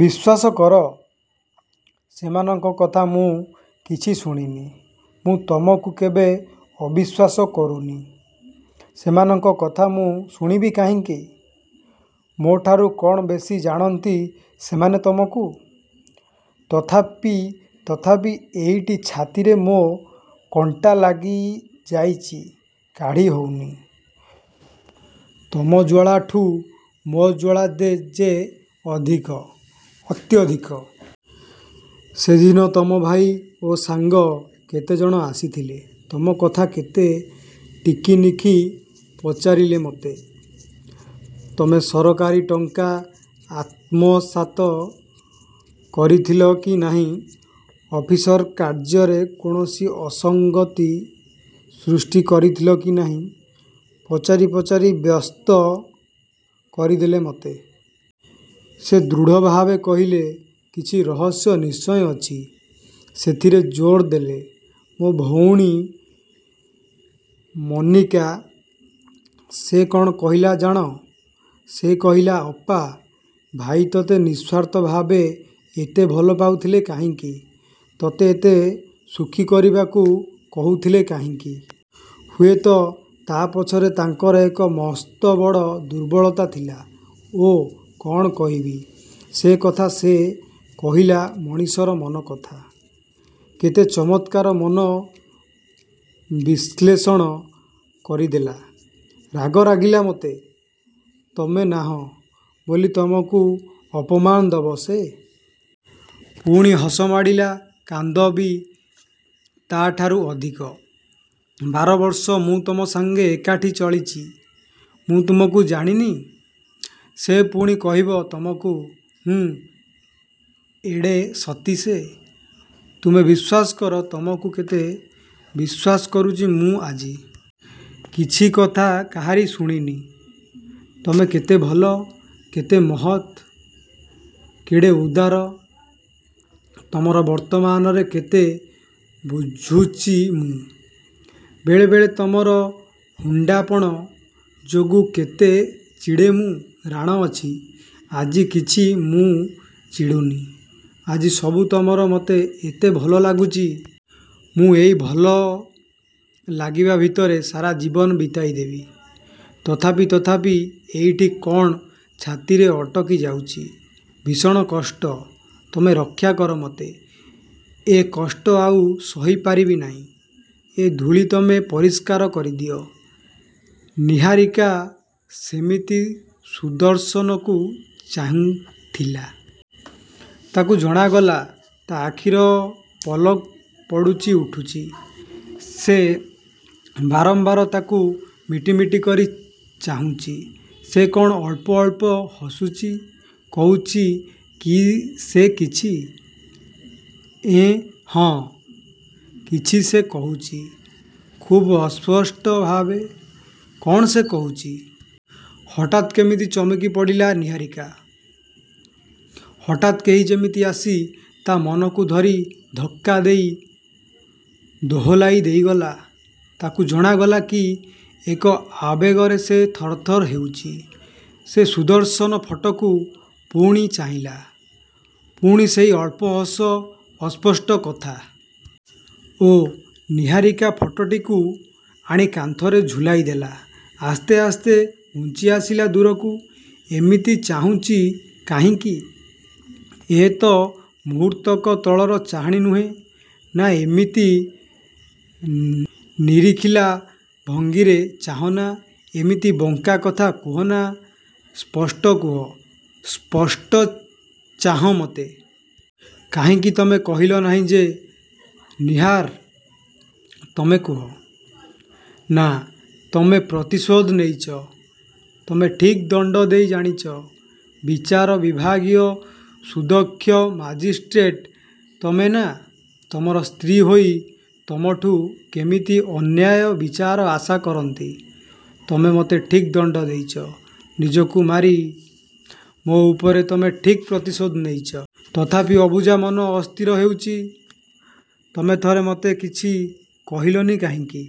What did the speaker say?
"ବିଶ୍ଵାସ କର, ସେମାନଙ୍କ କଥା ମୁଁ କିଛି ଶୁଣୁନି, ମୁଁ ତମକୁ କେବେ ଅବିଶ୍ଵାସ କରୁନି। ସେମାନଙ୍କ କଥା ମୁଁ ଶୁଣିବି କାହିଁକି? ମୋ'ଠାରୁ କ'ଣ ବେଶି ଜାଣନ୍ତି ସେମାନେ ତମକୁ? ତଥାପି ତଥାପି ଏଇଠି ଛାତିରେ ମୋ' କଣ୍ଟା ଲାଗିଯାଇଚି, କାଢ଼ି ହଉନି। ତମ ଜ୍ଵାଳାଠୁ ମୋ' ଜ୍ଵାଳା ଯେ ଅଧିକ, ଅତ୍ୟଧିକ।" "ସେଦିନ ତମ ଭାଇ ଓ ସାଙ୍ଗ କେତେ ଜଣ ଆସିଥିଲେ, ତମ କଥା କେତେ ଟିକି ନିଖି ପଚାରିଲେ ମତେ। ତମେ ସରକାରୀ ଟଙ୍କା ଆତ୍ମସାତ କରିଥିଲ କି ନାହିଁ, ଅଫିସ କାର୍ଯ୍ୟରେ କୌଣସି ଅସଂଗତି ସୃଷ୍ଟି କରିଥିଲ କି ନାହିଁ। ପଚାରି ପଚାରି ବ୍ୟସ୍ତ କରିଦେଲେ ମତେ। ସେ ଦୃଢ଼ଭାବେ କହିଲେ, କିଛି ରହସ୍ୟ ନିଶ୍ଚୟ ଅଛି।" "ସେଥିରେ ଜୋର ଦେଲା, ମୋ ଭଉଣୀ ମନିକା। ସେ କ'ଣ କହିଲା ଜାଣ? ସେ କହିଲା, 'ଅପା, ଭାଇ ତତେ ନିଃସ୍ଵାର୍ଥ ଭାବେ ଏତେ ଭଲପାଉଥିଲେ କାହିଁକି? ତତେ ଏତେ ସୁଖୀ କରିବାକୁ କହୁଥିଲେ କାହିଁକି? ହୁଏ ତ ତା' ପଛରେ ତାଙ୍କର ଏକ ମସ୍ତ ବଡ଼ ଦୁର୍ବଳତା ଥିଲା।' ଓଃ କ'ଣ କହିବି ସେ କଥା ସେ କହିଲା ମଣିଷର ମନ କଥା। କେତେ ଚମତ୍କାର ମନ ବିଶ୍ଳେଷଣ କରିଦେଲା। ରାଗ ଲାଗିଲା ମତେ, ତମେ ନାହଁ ବୋଲି ତମକୁ ଅପମାନ ଦବ ସେ? ପୁଣି ହସ ମାଡ଼ିଲା କାନ୍ଦ ବି ତା' ଠାରୁ ଅଧିକ। ବାର ବର୍ଷ ମୁଁ ତମ ସାଙ୍ଗେ ଏକାଠି ଚଳିଚି, ମୁଁ ତମକୁ ଜାଣି ନି? ସେ ପୁଣି କହିବ ତମକୁ" "ହୁଁ, ଏଡ଼େ ସତୀ ସେ? ତୁମେ ବିଶ୍ୱାସ କର, ତମକୁ କେତେ ବିଶ୍ୱାସ କରୁଚି ମୁଁ ଆଜି। କିଛି କଥା କାହାରି ଶୁଣୁନି। ତମେ କେତେ ଭଲ, କେତେ ମହତ୍, କେଡ଼େ ଉଦାର! ତମର ବର୍ତ୍ତମାନରେ କେତେ ବୁଝୁଚି ମୁଁ। ବେଳେ ବେଳେ ତମର ହୁଣ୍ଡାପଣ ଯୋଗୁଁ କେତେ ଚିଡ଼େ ମୁଁ। ରାଣ ଅଛି, ଆଜି କିଛି ମୁଁ ଚିଡ଼ୁନି। ଆଜି ସବୁ ତମର ମତେ ଏତେ ଭଲଲାଗୁଚି। ମୁଁ ଏଇ ଭଲ ଲାଗିବା ଭିତରେ ସାରା ଜୀବନ ବିତାଇ ଦେବି।" "ତଥାପି ତଥାପି ଏଇଠି କ'ଣ ଛାତିରେ ଅଟକି ଯାଇଚି। ଭୀଷଣ କଷ୍ଟ, ତମେ ରକ୍ଷାକର ମତେ। ଏ କଷ୍ଟ ଆଉ ସହି ପାରିବି ନାଇଁ। ଏ ଧୂଳି ତମେ ପରିଷ୍କାର କରିଦିଅ।" ନିହାରିକା ସେମିତି ସୁଦର୍ଶନକୁ ଚାହିଁଥିଲା। ତାକୁ ଜଣାଗଲା, ତା' ଆଖିର ପଲକ ପଡ଼ୁଚି ଉଠୁଚି। ସେ ବାରମ୍ବାର ତାକୁ ମିଟି ମିଟି କରି ଚାହୁଁଚି। ସେ କ'ଣ ଅଳ୍ପ ଅଳ୍ପ ହସୁଚି? କହୁଚି କି ସେ କିଛି? ଏଁ, ହଁ, କିଛି ସେ କହୁଚି। ଖୁବ୍ ଅସ୍ପଷ୍ଟ ଭାବେ। କ'ଣ ସେ କହୁଚି? ହଠାତ୍ କେମିତି ଚମକି ପଡ଼ିଲା ନିହାରିକା। ହଠାତ୍ କେହି ଯେମିତି ଆସି ତା' ମନକୁ ଧରି ଧକ୍କା ଦେଇ ଦୋହଲାଇ ଦେଇଗଲା। ତାକୁ ଜଣାଗଲା କି ଏକ ଆବେଗରେ ସେ ଥର ଥର ହେଉଚି। ସେ ସୁଦର୍ଶନ ଫଟୋକୁ ପୁଣି ଚାହିଁଲା। ପୁଣି ସେହି ଅଳ୍ପ ହସ, ଅସ୍ପଷ୍ଟ କଥା। ଓଃ ନିହାରିକା ଫଟୋଟିକୁ ଆଣି କାନ୍ଥରେ ଝୁଲାଇ ଦେଲା। ଆସ୍ତେ ଆସ୍ତେ ଘୁଞ୍ଚିଆସିଲା ଦୂରକୁ। "ଏମିତି ଚାହୁଁଚି କାହିଁକି? ଏ ତ ମୁହୂର୍ତ୍ତକ ତଳର ଚାହାଣୀ ନୁହେଁ। ନାଁ, ଏମିତି ନିରେଖିଲା ଭଙ୍ଗୀରେ ଚାହଁ ନା, ଏମିତି ବଙ୍କା କଥା କୁହନା, ସ୍ପଷ୍ଟ କୁହ, ସ୍ପଷ୍ଟ ଚାହଁ ମତେ। କାହିଁକି ତମେ କହିଲ ନାହିଁ ଯେ, 'ନିହାର, ତମେ କୁହ'।""ନାଁ, ତମେ ପ୍ରତିଶୋଧ ନେଇଚ, ତମେ ଠିକ୍ ଦଣ୍ଡ ଦେଇ ଜାଣିଚ। ବିଚାର ବିଭାଗୀୟ ସୁଦକ୍ଷ ମାଜିଷ୍ଟ୍ରେଟ ତମେ ନା, ତମର ସ୍ତ୍ରୀ ହୋଇ ତମଠୁ କେମିତି ଅନ୍ୟାୟ ବିଚାର ଆଶା କରନ୍ତି? ତମେ ମତେ ଠିକ୍ ଦଣ୍ଡ ଦେଇଚ, ନିଜକୁ ମାରି ମୋ' ଉପରେ ତମେ ଠିକ୍ ପ୍ରତିଶୋଧ ନେଇଚ। ତଥାପି ଅବୁଝା ମନ ଅସ୍ଥିର ହେଉଚି, ତମେ ଥରେ ମତେ କିଛି କହିଲ ନି କାହିଁକି?"